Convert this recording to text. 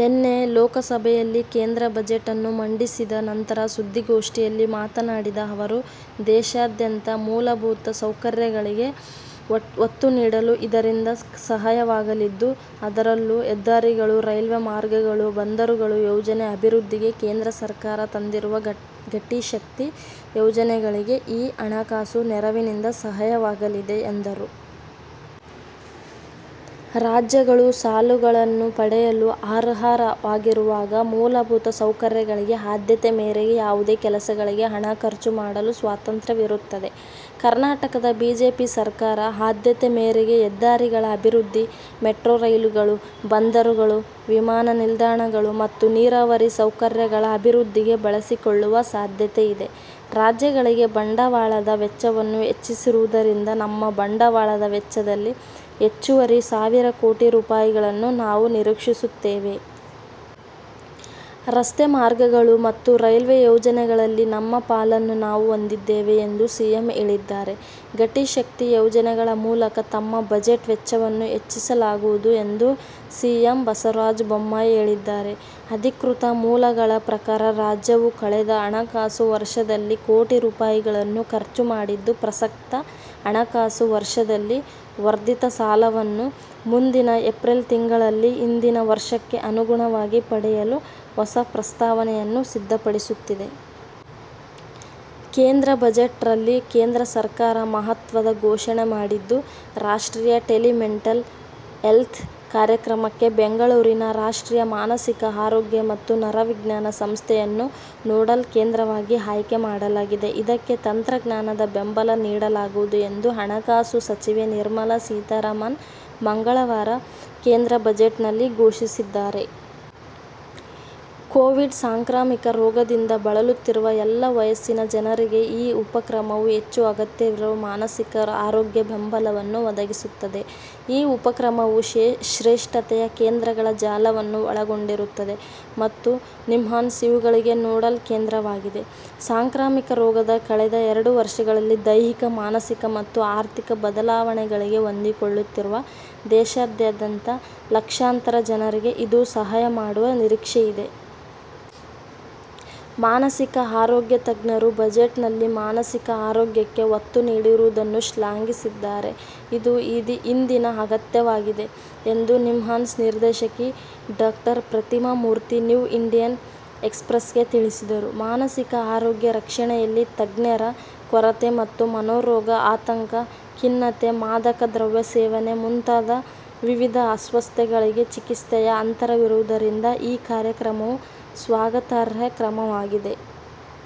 ನಿನ್ನೆ ಲೋಕಸಭೆಯಲ್ಲಿ ಕೇಂದ್ರ ಬಜೆಟ್- ನ್ನು ಮಂಡಿಸಿದ ನಂತರ ಸುದ್ದಿಗೋಷ್ಠಿಯಲ್ಲಿ ಮಾತನಾಡಿದ ಅವರು, ದೇಶಾದ್ಯಂತ ಮೂಲಭೂತ ಸೌಕರ್ಯಗಳಿಗೆ ಒತ್ತು ನೀಡಲು ಇದರಿಂದ ಸಹಾಯವಾಗಲಿದ್ದು, ಅದರಲ್ಲೂ ಹೆದ್ದಾರಿಗಳು, ರೈಲ್ವೆ ಮಾರ್ಗಗಳು, ಬಂದರುಗಳ ಯೋಜನೆ ಅಭಿವೃದ್ಧಿಗೆ ಕೇಂದ್ರ ಸರ್ಕಾರ ತಂದಿರುವ ಘಟಿ ಶಕ್ತಿ ಯೋಜನೆಗಳಿಗೆ ಈ ಹಣಕಾಸು ನೆರವಿನಿಂದ ಸಹಾಯವಾಗಲಿದೆ ಎಂದರು. ರಾಜ್ಯಗಳು ಸಾಲಗಳನ್ನು ಪಡೆಯಲು ಅರ್ಹವಾಗಿರುವಾಗ ಮೂಲಭೂತ ಸೌಕರ್ಯಗಳಿಗೆ ಆದ್ಯತೆ ಮೇರೆಗೆ ಯಾವುದೇ ಕೆಲಸಗಳಿಗೆ ಹಣ ಖರ್ಚು ಮಾಡಲು ಸ್ವಾತಂತ್ರ್ಯವಿರುತ್ತದೆ. ಕರ್ನಾಟಕದ ಬಿಜೆಪಿ ಸರ್ಕಾರ ಆದ್ಯತೆ ಮೇರೆಗೆ ಹೆದ್ದಾರಿಗಳ ಅಭಿವೃದ್ಧಿ, ಮೆಟ್ರೊ ರೈಲುಗಳು, ಬಂದರುಗಳು, ವಿಮಾನ ನಿಲ್ದಾಣಗಳು ಮತ್ತು ನೀರಾವರಿ ಸೌಕರ್ಯಗಳ ಅಭಿವೃದ್ಧಿಗೆ ಬಳಸಿಕೊಳ್ಳುವ ಸಾಧ್ಯತೆಯಿದೆ. ರಾಜ್ಯಗಳಿಗೆ ಬಂಡವಾಳದ ವೆಚ್ಚವನ್ನು ಹೆಚ್ಚಿಸಿರುವುದರಿಂದ, ನಮ್ಮ ಬಂಡವಾಳದ ವೆಚ್ಚದಲ್ಲಿ ಹೆಚ್ಚುವರಿ ಸಾವಿರ ಕೋಟಿ ರೂಪಾಯಿಗಳನ್ನು ನಾವು ನಿರೀಕ್ಷಿಸುತ್ತೇವೆ. ರಸ್ತೆ ಮಾರ್ಗಗಳು ಮತ್ತು ರೈಲ್ವೆ ಯೋಜನೆಗಳಲ್ಲಿ ನಮ್ಮ ಪಾಲನ್ನು ನಾವು ಹೊಂದಿದ್ದೇವೆ ಎಂದು ಸಿಎಂ ಹೇಳಿದ್ದಾರೆ. ಘಟಿ ಶಕ್ತಿ ಯೋಜನೆಗಳ ಮೂಲಕ ತಮ್ಮ ಬಜೆಟ್ ವೆಚ್ಚವನ್ನು ಹೆಚ್ಚಿಸಲಾಗುವುದು ಎಂದು ಸಿಎಂ ಬಸವರಾಜ ಬೊಮ್ಮಾಯಿ ಹೇಳಿದ್ದಾರೆ. ಅಧಿಕೃತ ಮೂಲಗಳ ಪ್ರಕಾರ, ರಾಜ್ಯವು ಕಳೆದ ಹಣಕಾಸು ವರ್ಷದಲ್ಲಿ ಕೋಟಿ ರೂಪಾಯಿಗಳನ್ನು ಖರ್ಚು ಮಾಡಿದ್ದು ಪ್ರಸಕ್ತ ಹಣಕಾಸು ವರ್ಷದಲ್ಲಿ ವರ್ಧಿತ ಸಾಲವನ್ನು ಮುಂದಿನ ಏಪ್ರಿಲ್ ತಿಂಗಳಲ್ಲಿ ಹಿಂದಿನ ವರ್ಷಕ್ಕೆ ಅನುಗುಣವಾಗಿ ಪಡೆಯಲು ಹೊಸ ಪ್ರಸ್ತಾವನೆಯನ್ನು ಸಿದ್ಧಪಡಿಸುತ್ತಿದೆ. ಕೇಂದ್ರ ಬಜೆಟ್ ರಲ್ಲಿ ಕೇಂದ್ರ ಸರ್ಕಾರ ಮಹತ್ವದ ಘೋಷಣೆ ಮಾಡಿದ್ದು, ರಾಷ್ಟ್ರೀಯ ಟೆಲಿ ಮೆಂಟಲ್ ಹೆಲ್ತ್ ಕಾರ್ಯಕ್ರಮಕ್ಕೆ ಬೆಂಗಳೂರಿನ ರಾಷ್ಟ್ರೀಯ ಮಾನಸಿಕ ಆರೋಗ್ಯ ಮತ್ತು ನರವಿಜ್ಞಾನ ಸಂಸ್ಥೆ ಯನ್ನು ನೋಡಲ್ ಕೇಂದ್ರವಾಗಿ ಆಯ್ಕೆ ಮಾಡಲಾಗಿದೆ. ಇದಕ್ಕೆ ತಂತ್ರಜ್ಞಾನದ ಬೆಂಬಲ ನೀಡಲಾಗುವುದು ಎಂದು ಹಣಕಾಸು ಸಚಿವೆ ನಿರ್ಮಲಾ ಸೀತಾರಾಮನ್ ಮಂಗಳವಾರ ಕೇಂದ್ರ ಬಜೆಟ್ನಲ್ಲಿ ಘೋಷಿಸಿದ್ದಾರೆ. ಕೋವಿಡ್ ಸಾಂಕ್ರಾಮಿಕ ರೋಗದಿಂದ ಬಳಲುತ್ತಿರುವ ಎಲ್ಲಾ ವಯಸ್ಸಿನ ಜನರಿಗೆ ಈ ಉಪಕ್ರಮವು ಹೆಚ್ಚು ಅಗತ್ಯವಿರುವ ಮಾನಸಿಕ ಆರೋಗ್ಯ ಬೆಂಬಲವನ್ನು ಒದಗಿಸುತ್ತದೆ. ಈ ಉಪಕ್ರಮವು ಶ್ರೇಷ್ಠತೆಯ ಕೇಂದ್ರಗಳ ಜಾಲವನ್ನು ಒಳಗೊಂಡಿರುತ್ತದೆ ಮತ್ತು ನಿಮ್ಹಾನ್ಸ್ ಇವುಗಳಿಗೆ ನೋಡಲ್ ಕೇಂದ್ರವಾಗಿದೆ. ಸಾಂಕ್ರಾಮಿಕ ರೋಗದ ಕಳೆದ ಎರಡು ವರ್ಷಗಳಲ್ಲಿ ದೈಹಿಕ, ಮಾನಸಿಕ ಮತ್ತು ಆರ್ಥಿಕ ಬದಲಾವಣೆಗಳಿಗೆ ಹೊಂದಿಕೊಳ್ಳುತ್ತಿರುವ ದೇಶಾದ್ಯಂತ ಲಕ್ಷಾಂತರ ಜನರಿಗೆ ಇದು ಸಹಾಯ ಮಾಡುವ ನಿರೀಕ್ಷೆಯಿದೆ. ಮಾನಸಿಕ ಆರೋಗ್ಯ ತಜ್ಞರು ಬಜೆಟ್ನಲ್ಲಿ ಮಾನಸಿಕ ಆರೋಗ್ಯಕ್ಕೆ ಒತ್ತು ನೀಡಿರುವುದನ್ನು ಶ್ಲಾಘಿಸಿದ್ದಾರೆ. ಇದು ಇಂದಿನ ಅಗತ್ಯವಾಗಿದೆ ಎಂದು ನಿಮ್ಹಾನ್ಸ್ ನಿರ್ದೇಶಕಿ ಡಾ ಪ್ರತಿಮಾ ಮೂರ್ತಿ ನ್ಯೂ ಇಂಡಿಯನ್ ಎಕ್ಸ್ಪ್ರೆಸ್ಗೆ ತಿಳಿಸಿದರು, 'ಮಾನಸಿಕ ಆರೋಗ್ಯ ರಕ್ಷಣೆಯಲ್ಲಿ ತಜ್ಞರ ಕೊರತೆ ಮತ್ತು ಮನೋರೋಗ, ಆತಂಕ, ಖಿನ್ನತೆ, ಮಾದಕ ದ್ರವ್ಯ ಸೇವನೆ ಮುಂತಾದ ವಿವಿಧ ಅಸ್ವಸ್ಥತೆಗಳಿಗೆ ಚಿಕಿತ್ಸೆಯ ಅಂತರವಿರುವುದರಿಂದ ಈ ಕಾರ್ಯಕ್ರಮವು ಸ್ವಾಗತಾರ್ಹ ಕ್ರಮವಾಗಿದೆ.